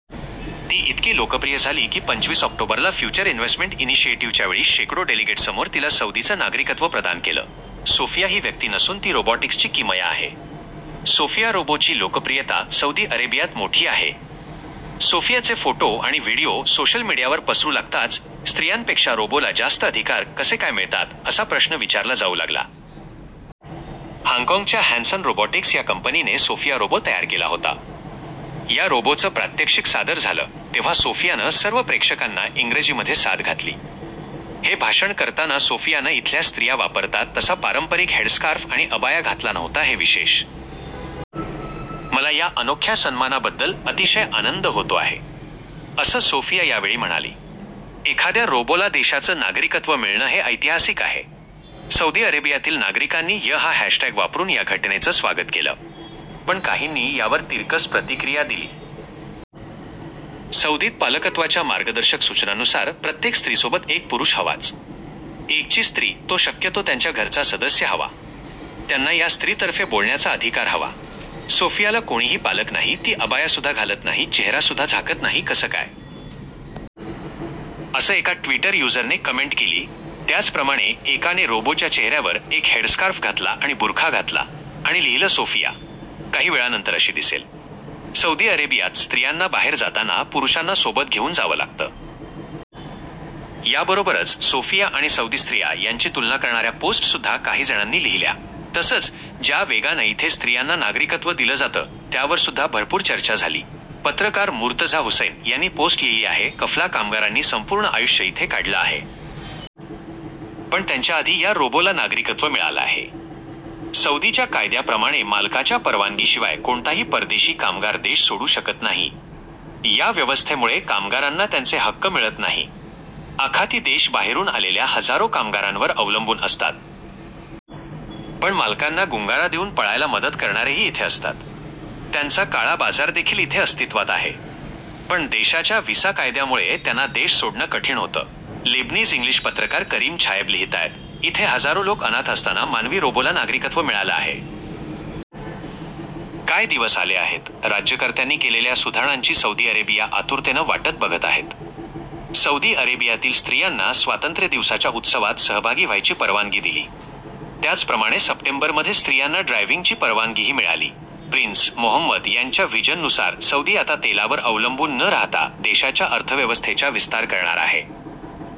ती इतकी लोकप्रिय झाली की, पंचवीस ऑक्टोबरला फ्युचर इन्व्हेसमेंट इनिशिएटिव्हच्यावेळी शेकडो डेलिगेट्ससमोर तिला सौदीचं नागरिकत्व प्रदान केलं सोफिया ही व्यक्ती नसून ती रोबॉटिक्सची किमया आहे. सोफिया रोबोची लोकप्रियता सौदी अरेबियात मोठी आहे. सोफियाचे फोटो आणि व्हीडिओ सोशल मीडियावर पसरू लागताच स्त्रियांपेक्षा रोबोला जास्त अधिकार कसे काय मिळतात असा प्रश्न विचारला जाऊ लागला. हाँगकाँगच्या हॅनसन रोबॉटिक्स या कंपनीने सोफिया रोबो तयार केला होता. या रोबोचं प्रात्यक्षिक सादर झालं तेव्हा सोफियानं सर्व प्रेक्षकांना इंग्रजीमध्ये साद घातली. हे भाषण करताना सोफियानं इथल्या स्त्रिया वापरतात तसा पारंपरिक हेडस्कार्फ आणि अबाया घातला नव्हता हे विशेष. मला या अनोख्या सन्मानाबद्दल अतिशय आनंद होतो आहे. असं सोफिया या वेळी म्हणाली. एखाद्या रोबोला देशाचं नागरिकत्व मिळणं हे ऐतिहासिक आहे. सौदी अरेबियातील नागरिकांनी य हा हॅशटॅग वापरून या घटनेचं स्वागत केलं. पण काहींनी यावर तिरकस प्रतिक्रिया दिली. सौदीत पालकत्वाच्या मार्गदर्शक सूचनांनुसार प्रत्येक स्त्रीसोबत एक पुरुष हवाच. एकची स्त्री तो शक्यतो त्यांच्या घरचा सदस्य हवा. त्यांना या स्त्रीतर्फे बोलण्याचा अधिकार हवा. सोफियाला कोणीही पालक नाही, ती अबायासुद्धा घालत नाही चेहरासुद्धा झाकत नाही, कसं काय? असं एका ट्विटर युजरने कमेंट केली. त्याचप्रमाणे एकाने रोबोच्या चेहऱ्यावर एक हेडस्कार्फ घातला आणि बुरखा घातला आणि लिहिलं सोफिया काही वेळानंतर अशी दिसेल. सौदी अरेबियात स्त्रियांना बाहेर जाताना पुरुषांना सोबत घेऊन जावं लागतं. याबरोबरच सोफिया आणि सौदी स्त्रिया यांची तुलना करणाऱ्या पोस्टसुद्धा काही जणांनी लिहिल्या. तसंच ज्या वेगाने इथे स्त्रियांना नागरिकत्व दिलं जातं त्यावरसुद्धा भरपूर चर्चा झाली. पत्रकार मुर्तझा हुसैन यांनी पोस्ट लिहिली आहे कफला कामगारांनी संपूर्ण आयुष्य इथे काढलं आहे. पण त्यांच्याआधी या रोबोला नागरिकत्व मिळालं आहे. सौदीच्या कायद्याप्रमाणे मालकाच्या परवानगीशिवाय कोणताही परदेशी कामगार देश सोडू शकत नाही. या व्यवस्थेमुळे कामगारांना त्यांचे हक्क मिळत नाही. आखाती देश बाहेरून आलेल्या हजारो कामगारांवर अवलंबून असतात. पण मालकांना गुंगारा देऊन पळायला मदत करणारेही इथे असतात. त्यांचा काळा बाजारदेखील इथे अस्तित्वात आहे. पण देशाच्या व्हिसा कायद्यामुळे त्यांना देश सोडणं कठीण होतं. लेबनीज-इंग्लिश पत्रकार करीम छायेब लिहितात इथे हजारो लोक अनाथ असताना मानवी रोबोला नागरिकत्व मिळालं आहे. काय दिवस आले आहेत राज्यकर्त्यांनी केलेल्या सुधारणांची सौदी अरेबिया आतुरतेनं वाटत बघत आहेत. सौदी अरेबियातील स्त्रियांना स्वातंत्र्य दिवसाच्या उत्सवात सहभागी व्हायची परवानगी दिली. त्याचप्रमाणे सप्टेंबरमध्ये स्त्रियांना ड्रायव्हिंगची परवानगीही मिळाली. प्रिन्स मोहम्मद यांच्या व्हिजन नुसार सौदी आता तेलावर अवलंबून न राहता देशाच्या अर्थव्यवस्थेच्या विस्तार करणार आहे.